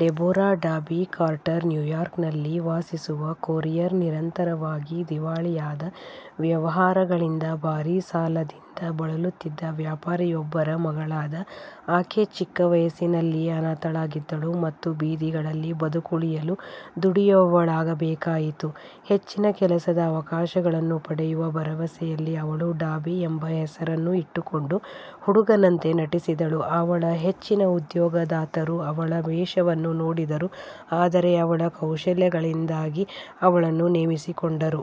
Deborah "Dobby" Carter ನ್ಯೂಯಾರ್ಕ್ನಲ್ಲಿ ವಾಸಿಸುವ courier. ನಿರಂತರವಾಗಿ ದಿವಾಳಿಯಾದ ವ್ಯವಹಾರಗಳಿಂದ ಭಾರೀ ಸಾಲದಿಂದ ಬಳಲುತ್ತಿದ್ದ ವ್ಯಾಪಾರಿಯೊಬ್ಬರ ಮಗಳಾದ ಆಕೆ ಚಿಕ್ಕ ವಯಸ್ಸಿನಲ್ಲಿಯೇ ಅನಾಥಳಾಗಿದ್ದಳು ಮತ್ತು ಬೀದಿಗಳಲ್ಲಿ ಬದುಕುಳಿಯಲು ದುಡಿಯುವವಳಾಗಬೇಕಾಯಿತು. ಹೆಚ್ಚಿನ ಕೆಲಸದ ಅವಕಾಶಗಳನ್ನು ಪಡೆಯುವ ಭರವಸೆಯಲ್ಲಿ ಅವಳು "ಡಾಬಿ" ಎಂಬ ಹೆಸರನ್ನು ಇಟ್ಟುಕೊಂಡು ಹುಡುಗನಂತೆ ನಟಿಸಿದಳು; ಅವಳ ಹೆಚ್ಚಿನ ಉದ್ಯೋಗದಾತರು ಅವಳ ವೇಷವನ್ನು ನೋಡಿದರು, ಆದರೆ ಅವಳ ಕೌಶಲ್ಯಗಳಿಂದಾಗಿ ಅವಳನ್ನು ನೇಮಿಸಿಕೊಂಡರು.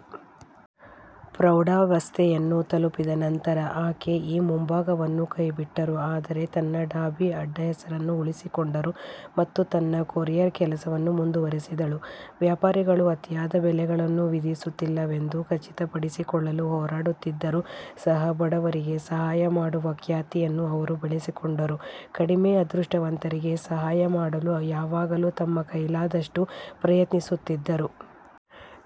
ಪ್ರೌಢಾವಸ್ಥೆಯನ್ನು ತಲುಪಿದ ನಂತರ, ಆಕೆ ಈ ಮುಂಭಾಗವನ್ನು ಕೈಬಿಟ್ಟರು, ಆದರೆ ತನ್ನ "ಡಾಬಿ" ಅಡ್ಡಹೆಸರನ್ನು ಉಳಿಸಿಕೊಂಡರು ಮತ್ತು ತನ್ನ ಕೊರಿಯರ್ ಕೆಲಸವನ್ನು ಮುಂದುವರೆಸಿದರು. ವ್ಯಾಪಾರಿಗಳು ಅತಿಯಾದ ಬೆಲೆಗಳನ್ನು ವಿಧಿಸುತ್ತಿಲ್ಲವೆಂದು ಖಚಿತಪಡಿಸಿಕೊಳ್ಳಲು ಹೋರಾಡುತ್ತಿದ್ದರೂ ಸಹ, ಬಡವರಿಗೆ ಸಹಾಯ ಮಾಡುವ ಖ್ಯಾತಿಯನ್ನು ಅವರು ಬೆಳೆಸಿಕೊಂಡರು, ಕಡಿಮೆ ಅದೃಷ್ಟವಂತರಿಗೆ ಸಹಾಯ ಮಾಡಲು ಯಾವಾಗಲೂ ತಮ್ಮ ಕೈಲಾದಷ್ಟು ಪ್ರಯತ್ನಿಸುತ್ತಿದ್ದರು.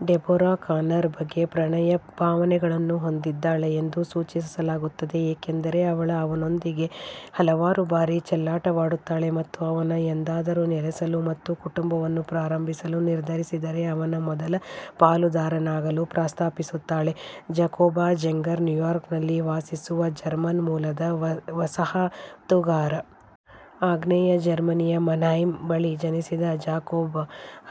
ಡೆಬೊರಾ ಕಾನರ್ ಬಗ್ಗೆ ಪ್ರಣಯ ಭಾವನೆಗಳನ್ನು ಹೊಂದಿದ್ದಾಳೆ ಎಂದು ಸೂಚಿಸಲಾಗುತ್ತದೆ, ಏಕೆಂದರೆ ಅವಳು ಅವನೊಂದಿಗೆ ಹಲವಾರು ಬಾರಿ ಚೆಲ್ಲಾಟವಾಡುತ್ತಾಳೆ ಮತ್ತು ಅವನು ಎಂದಾದರೂ ನೆಲೆಸಲು ಮತ್ತು ಕುಟುಂಬವನ್ನು ಪ್ರಾರಂಭಿಸಲು ನಿರ್ಧರಿಸಿದರೆ ಅವನ ಮೊದಲ ಪಾಲುದಾರನಾಗಲು ಪ್ರಸ್ತಾಪಿಸುತ್ತಾಳೆ. ಜಾಕೋಬ್ ಝೆಂಗರ್ ನ್ಯೂಯಾರ್ಕ್ನಲ್ಲಿ ವಾಸಿಸುವ ಜರ್ಮನ್ ಮೂಲದ ವಸಾಹತುಗಾರ. ಆಗ್ನೇಯ ಜರ್ಮನಿಯ ಮನ್ಹೈಮ್ ಬಳಿ ಜನಿಸಿದ ಜಾಕೋಬ್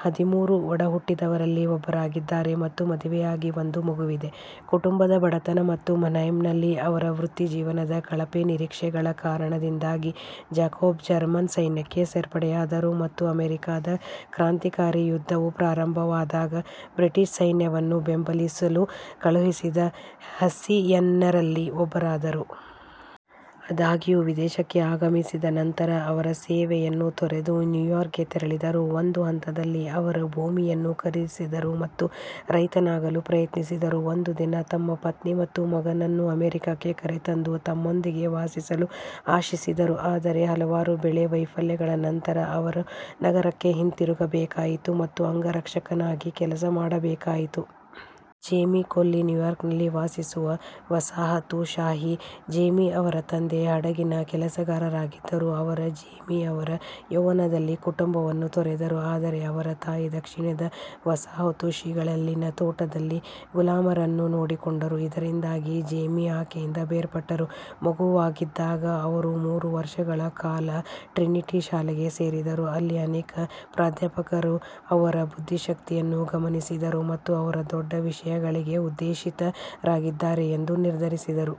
ಹದಿಮೂರು ಒಡಹುಟ್ಟಿದವರಲ್ಲಿ ಒಬ್ಬರಾಗಿದ್ದಾರೆ ಮತ್ತು ಮದುವೆಯಾಗಿ ಒಂದು ಮಗುವಿದೆ. ಕುಟುಂಬದ ಬಡತನ ಮತ್ತು ಮನ್ಹೈಮ್ನಲ್ಲಿ ಅವರ ವೃತ್ತಿಜೀವನದ ಕಳಪೆ ನಿರೀಕ್ಷೆಗಳ ಕಾರಣದಿಂದಾಗಿ, ಜಾಕೋಬ್ ಜರ್ಮನ್ ಸೈನ್ಯಕ್ಕೆ ಸೇರ್ಪಡೆಯಾದರು ಮತ್ತು ಅಮೆರಿಕಾದ ಕ್ರಾಂತಿಕಾರಿ ಯುದ್ಧವು ಪ್ರಾರಂಭವಾದಾಗ, ಬ್ರಿಟಿಷ್ ಸೈನ್ಯವನ್ನು ಬೆಂಬಲಿಸಲು ಕಳುಹಿಸಿದ ಹೆಸ್ಸಿಯನ್ನರಲ್ಲಿ ಒಬ್ಬರಾದರು. ಆದಾಗ್ಯೂ, ವಿದೇಶಕ್ಕೆ ಆಗಮಿಸಿದ ನಂತರ, ಅವರು ಸೇವೆಯನ್ನು ತೊರೆದು ನ್ಯೂಯಾರ್ಕ್ಗೆ ತೆರಳಿದರು. ಒಂದು ಹಂತದಲ್ಲಿ, ಅವರು ಭೂಮಿಯನ್ನು ಖರೀದಿಸಿದರು ಮತ್ತು ರೈತನಾಗಲು ಪ್ರಯತ್ನಿಸಿದರು, ಒಂದು ದಿನ ತಮ್ಮ ಪತ್ನಿ ಮತ್ತು ಮಗನನ್ನು ಅಮೆರಿಕಕ್ಕೆ ಕರೆತಂದು ತಮ್ಮೊಂದಿಗೆ ವಾಸಿಸಲು ಆಶಿಸಿದರು, ಆದರೆ ಹಲವಾರು ಬೆಳೆ ವೈಫಲ್ಯಗಳ ನಂತರ ಅವರು ನಗರಕ್ಕೆ ಹಿಂತಿರುಗಬೇಕಾಯಿತು ಮತ್ತು ಅಂಗರಕ್ಷಕನಾಗಿ ಕೆಲಸ ಮಾಡಬೇಕಾಯಿತು. ಜೇಮೀ ಕೊಲ್ಲಿ ನ್ಯೂಯಾರ್ಕ್ನಲ್ಲಿ ವಾಸಿಸುವ ವಸಾಹತುಶಾಹಿ. ಜೇಮೀ ಅವರ ತಂದೆ ಹಡಗಿನ ಕೆಲಸಗಾರರಾಗಿದ್ದರು, ಅವರು ಜೇಮೀ ಅವರ ಯೌವನದಲ್ಲಿ ಕುಟುಂಬವನ್ನು ತೊರೆದರು, ಆದರೆ ಅವರ ತಾಯಿ ದಕ್ಷಿಣದ ವಸಾಹತುಗಳಲ್ಲಿನ ತೋಟದಲ್ಲಿ ಗುಲಾಮರನ್ನು ನೋಡಿಕೊಂಡರು, ಇದರಿಂದಾಗಿ ಜೇಮೀ ಆಕೆಯಿಂದ ಬೇರ್ಪಟ್ಟರು. ಮಗುವಾಗಿದ್ದಾಗ, ಅವರು ಮೂರು ವರ್ಷಗಳ ಕಾಲ ಟ್ರಿನಿಟಿ ಶಾಲೆಗೆ ಸೇರಿದರು, ಅಲ್ಲಿ ಅನೇಕ ಪ್ರಾಧ್ಯಾಪಕರು ಅವರ ಬುದ್ಧಿಶಕ್ತಿಯನ್ನು ಗಮನಿಸಿದರು ಮತ್ತು ಅವರು "ದೊಡ್ಡ ವಿಷಯಗಳಿಗೆ ಉದ್ದೇಶಿತರಾಗಿದ್ದಾರೆ" ಎಂದು ನಿರ್ಧರಿಸಿದರು.